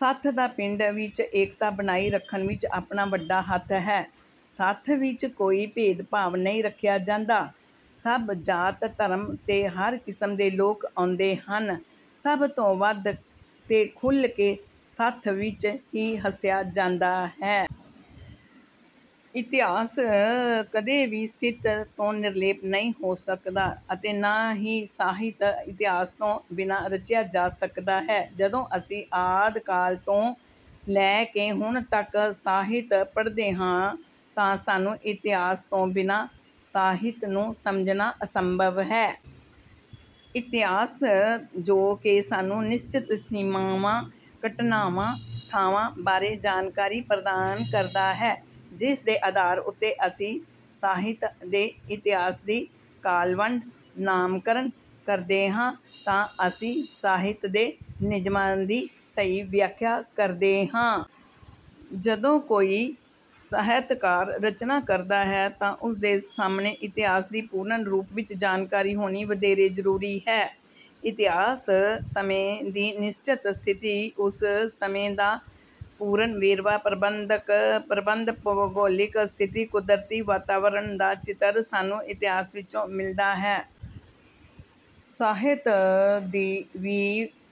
ਸੱਥ ਦਾ ਪਿੰਡ ਵਿੱਚ ਏਕਤਾ ਬਣਾਈ ਰੱਖਣ ਵਿੱਚ ਆਪਣਾ ਵੱਡਾ ਹੱਥ ਹੈ। ਸੱਥ ਵਿੱਚ ਕੋਈ ਭੇਦ ਭਾਵ ਨਹੀਂ ਰੱਖਿਆ ਜਾਂਦਾ। ਸਭ ਜਾਤ ਧਰਮ ਅਤੇ ਹਰ ਕਿਸਮ ਦੇ ਲੋਕ ਆਉਂਦੇ ਹਨ। ਸਭ ਤੋਂ ਵੱਧ ਤੇ ਖੁੱਲ੍ਹ ਕੇ ਸੱਥ ਵਿੱਚ ਹੀ ਹੱਸਿਆ ਜਾਂਦਾ ਹੈ। ਇਤਿਹਾਸ ਕਦੇ ਵੀ ਸਾਹਿਤ ਤੋਂ ਨਿਰਲੇਪ ਨਹੀਂ ਹੋ ਸਕਦਾ ਅਤੇ ਨਾ ਹੀ ਸਾਹਿਤ ਇਤਿਹਾਸ ਤੋਂ ਬਿਨਾਂ ਰਚਿਆ ਜਾ ਸਕਦਾ ਹੈ। ਜਦੋਂ ਅਸੀਂ ਆਦਿ ਕਾਲ ਤੋਂ ਲੈ ਕੇ ਹੁਣ ਤੱਕ ਦਾ ਸਾਹਿਤ ਪੜ੍ਹਦੇ ਹਾਂ ਤਾਂ ਸਾਨੂੰ ਇਤਿਹਾਸ ਤੋਂ ਬਿਨਾਂ ਸਾਹਿਤ ਨੂੰ ਸਮਝਣਾ ਅਸੰਭਵ ਹੈ। ਇਤਿਹਾਸ ਜੋ ਕਿ ਸਾਨੂੰ ਨਿਸ਼ਚਿਤ ਸੀਮਾਵਾਂ ਘਟਨਾਵਾਂ ਥਾਵਾਂ ਬਾਰੇ ਜਾਣਕਾਰੀ ਪ੍ਰਦਾਨ ਕਰਦਾ ਹੈ ਜਿਸ ਦੇ ਆਧਾਰ ਉੱਤੇ ਅਸੀਂ ਸਾਹਿਤ ਦੇ ਇਤਿਹਾਸ ਦੀ ਕਾਲਵੰਡ ਨਾਮਕਰਣ ਕਰਦੇ ਹਾਂ ਤਾਂ ਅਸੀਂ ਸਾਹਿਤ ਦੇ ਨਿਯਮਾਂ ਦੀ ਸਹੀ ਵਿਆਖਿਆ ਕਰਦੇ ਹਾਂ। ਜਦੋਂ ਕੋਈ ਵੀ ਸਾਹਿਤਕਾਰ ਰਚਨਾ ਕਰਦਾ ਹੈ ਤਾਂ ਉਸਦੇ ਸਾਹਮਣੇ ਇਤਿਹਾਸ ਦੀ ਪੂਰਨ ਰੂਪ ਵਿੱਚ ਜਾਣਕਾਰੀ ਹੋਣੀ ਵਧੇਰੇ ਜਰੂਰੀ ਹੈ। ਇਤਿਹਾਸ ਸਮੇਂ ਦੀ ਨਿਸ਼ਚਿਤ ਸਥਿਤੀ ਉਸ ਸਮੇਂ ਦਾ ਪੂਰਨ ਵੇਰਵਾ ਪ੍ਰਬੰਧ ਭੂਗੋਲਿਕ ਸਥਿਤੀ ਕੁਦਰਤੀ ਵਾਤਾਵਰਣ ਦਾ ਚਿੱਤਰ ਸਾਨੂੰ ਇਤਿਹਾਸ ਵਿੱਚੋਂ ਮਿਲਦਾ ਹੈ। ਸਾਹਿਤ ਵੀ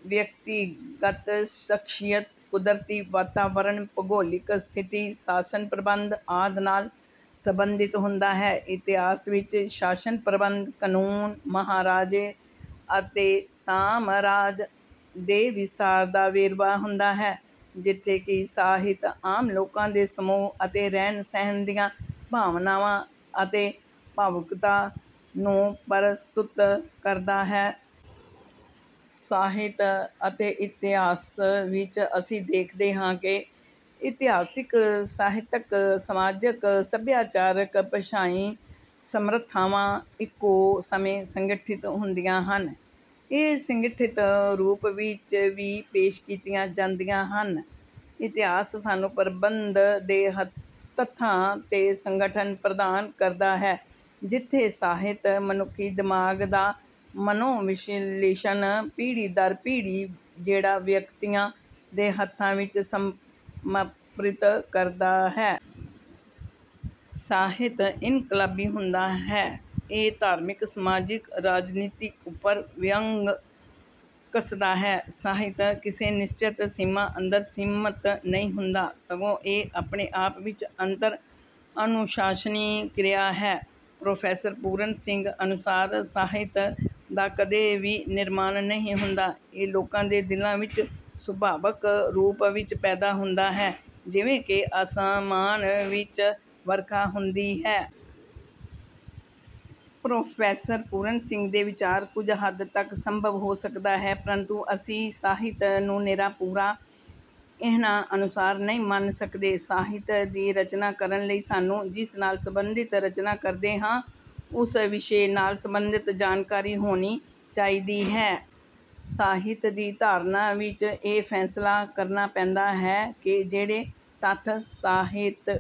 ਵਿਅਕਤੀਗਤ ਸ਼ਖਸੀਅਤ ਕੁਦਰਤੀ ਵਾਤਾਵਰਣ ਭੂਗੋਲਿਕ ਸਥਿਤੀ ਸ਼ਾਸਨ ਪ੍ਰਬੰਧ ਆਦਿ ਨਾਲ ਸੰਬੰਧਿਤ ਹੁੰਦਾ ਹੈ। ਇਤਿਹਾਸ ਵਿੱਚ ਸ਼ਾਸਨ ਪ੍ਰਬੰਧ ਕਾਨੂੰਨ ਮਹਾਰਾਜੇ ਅਤੇ ਸਾਮਰਾਜ ਦੇ ਵਿਸਤਾਰ ਦਾ ਵੇਰਵਾ ਹੁੰਦਾ ਹੈ ਜਿੱਥੇ ਕਿ ਸਾਹਿਤ ਆਮ ਲੋਕਾਂ ਦੇ ਸਮੂਹ ਅਤੇ ਰਹਿਣ ਸਹਿਣ ਦੀਆਂ ਭਾਵਨਾਵਾਂ ਅਤੇ ਭਾਵੁਕਤਾ ਨੂੰ ਪ੍ਰਸਤੁਤ ਕਰਦਾ ਹੈ। ਸਾਹਿਤ ਅਤੇ ਇਤਿਹਾਸ ਵਿੱਚ ਅਸੀਂ ਦੇਖਦੇ ਹਾਂ ਕਿ ਇਤਿਹਾਸਿਕ ਸਾਹਿਤਕ ਸਮਾਜਿਕ ਸੱਭਿਆਚਾਰਕ ਭਾਸ਼ਾਈ ਸਮਰੱਥਾਵਾਂ ਇੱਕੋ ਸਮੇਂ ਸੰਗਠਿਤ ਹੁੰਦੀਆਂ ਹਨ ਇਹ ਸੰਗਠਿਤ ਰੂਪ ਵਿੱਚ ਹੀ ਪੇਸ਼ ਕੀਤੀਆਂ ਜਾਂਦੀਆਂ ਹਨ। ਇਤਿਹਾਸ ਸਾਨੂੰ ਪ੍ਰਬੰਧ ਅਤੇ ਤੱਥਾਂ ਦੇ ਸੰਗਠਨ ਪ੍ਰਦਾਨ ਕਰਦਾ ਹੈ ਜਿੱਥੇ ਸਾਹਿਤ ਮਨੁੱਖੀ ਦਿਮਾਗ ਦਾ ਮਨੋਵਿਸ਼ਲੇਸ਼ਣ ਪੀੜ੍ਹੀ ਦਰ ਪੀੜ੍ਹੀ ਜਿਹੜਾ ਵਿਅਕਤੀਆਂ ਦੇ ਹੱਥਾਂ ਵਿੱਚ ਸਮਰਪਿਤ ਕਰਦਾ ਹੈ। ਸਾਹਿਤ ਇਨਕਲਾਬੀ ਹੁੰਦਾ ਹੈ। ਇਹ ਧਾਰਮਿਕ ਸਮਾਜਿਕ ਰਾਜਨੀਤੀ ਉੱਪਰ ਵਿਅੰਗ ਕੱਸਦਾ ਹੈ। ਸਾਹਿਤ ਕਿਸੇ ਨਿਸ਼ਚਿਤ ਸੀਮਾ ਅੰਦਰ ਸੀਮਿਤ ਨਹੀਂ ਹੁੰਦਾ ਸਗੋਂ ਇਹ ਆਪਣੇ ਆਪ ਵਿੱਚ ਅੰਤਰ ਅਨੁਸ਼ਾਸਨੀ ਕਿਰਿਆ ਹੈ। ਪ੍ਰੋਫੈਸਰ ਪੂਰਨ ਸਿੰਘ ਅਨੁਸਾਰ ਸਾਹਿਤ ਦਾ ਕਦੇ ਵੀ ਨਿਰਮਾਣ ਨਹੀਂ ਹੁੰਦਾ ਇਹ ਲੋਕਾਂ ਦੇ ਦਿਲਾਂ ਵਿੱਚ ਸੁਭਾਵਕ ਰੂਪ ਵਿੱਚ ਪੈਦਾ ਹੁੰਦਾ ਹੈ ਜਿਵੇਂ ਕਿ ਆਸਮਾਨ ਵਿੱਚ ਵਰਖਾ ਹੁੰਦੀ ਹੈ। ਪ੍ਰੋਫੈਸਰ ਪੂਰਨ ਸਿੰਘ ਦੇ ਵਿਚਾਰ ਕੁੱਝ ਹੱਦ ਤੱਕ ਸੰਭਵ ਹੋ ਸਕਦਾ ਹੈ ਪਰੰਤੂ ਅਸੀਂ ਸਾਹਿਤ ਨੂੰ ਨਿਰਾ ਪੂਰਾ ਇਹਨਾਂ ਅਨੁਸਾਰ ਨਹੀਂ ਮੰਨ ਸਕਦੇ। ਸਾਹਿਤ ਦੀ ਰਚਨਾ ਕਰਨ ਲਈ ਸਾਨੂੰ ਜਿਸ ਨਾਲ ਸੰਬੰਧਿਤ ਰਚਨਾ ਕਰਦੇ ਹਾਂ ਉਸ ਵਿਸ਼ੇ ਨਾਲ ਸੰਬੰਧਿਤ ਜਾਣਕਾਰੀ ਹੋਣੀ ਚਾਹੀਦੀ ਹੈ। ਸਾਹਿਤ ਦੀ ਧਾਰਨਾ ਵਿੱਚ ਇਹ ਫੈਸਲਾ ਕਰਨਾ ਪੈਂਦਾ ਹੈ ਕਿ ਕਿਹੜੇ ਤੱਥ ਸਾਹਿਤਕ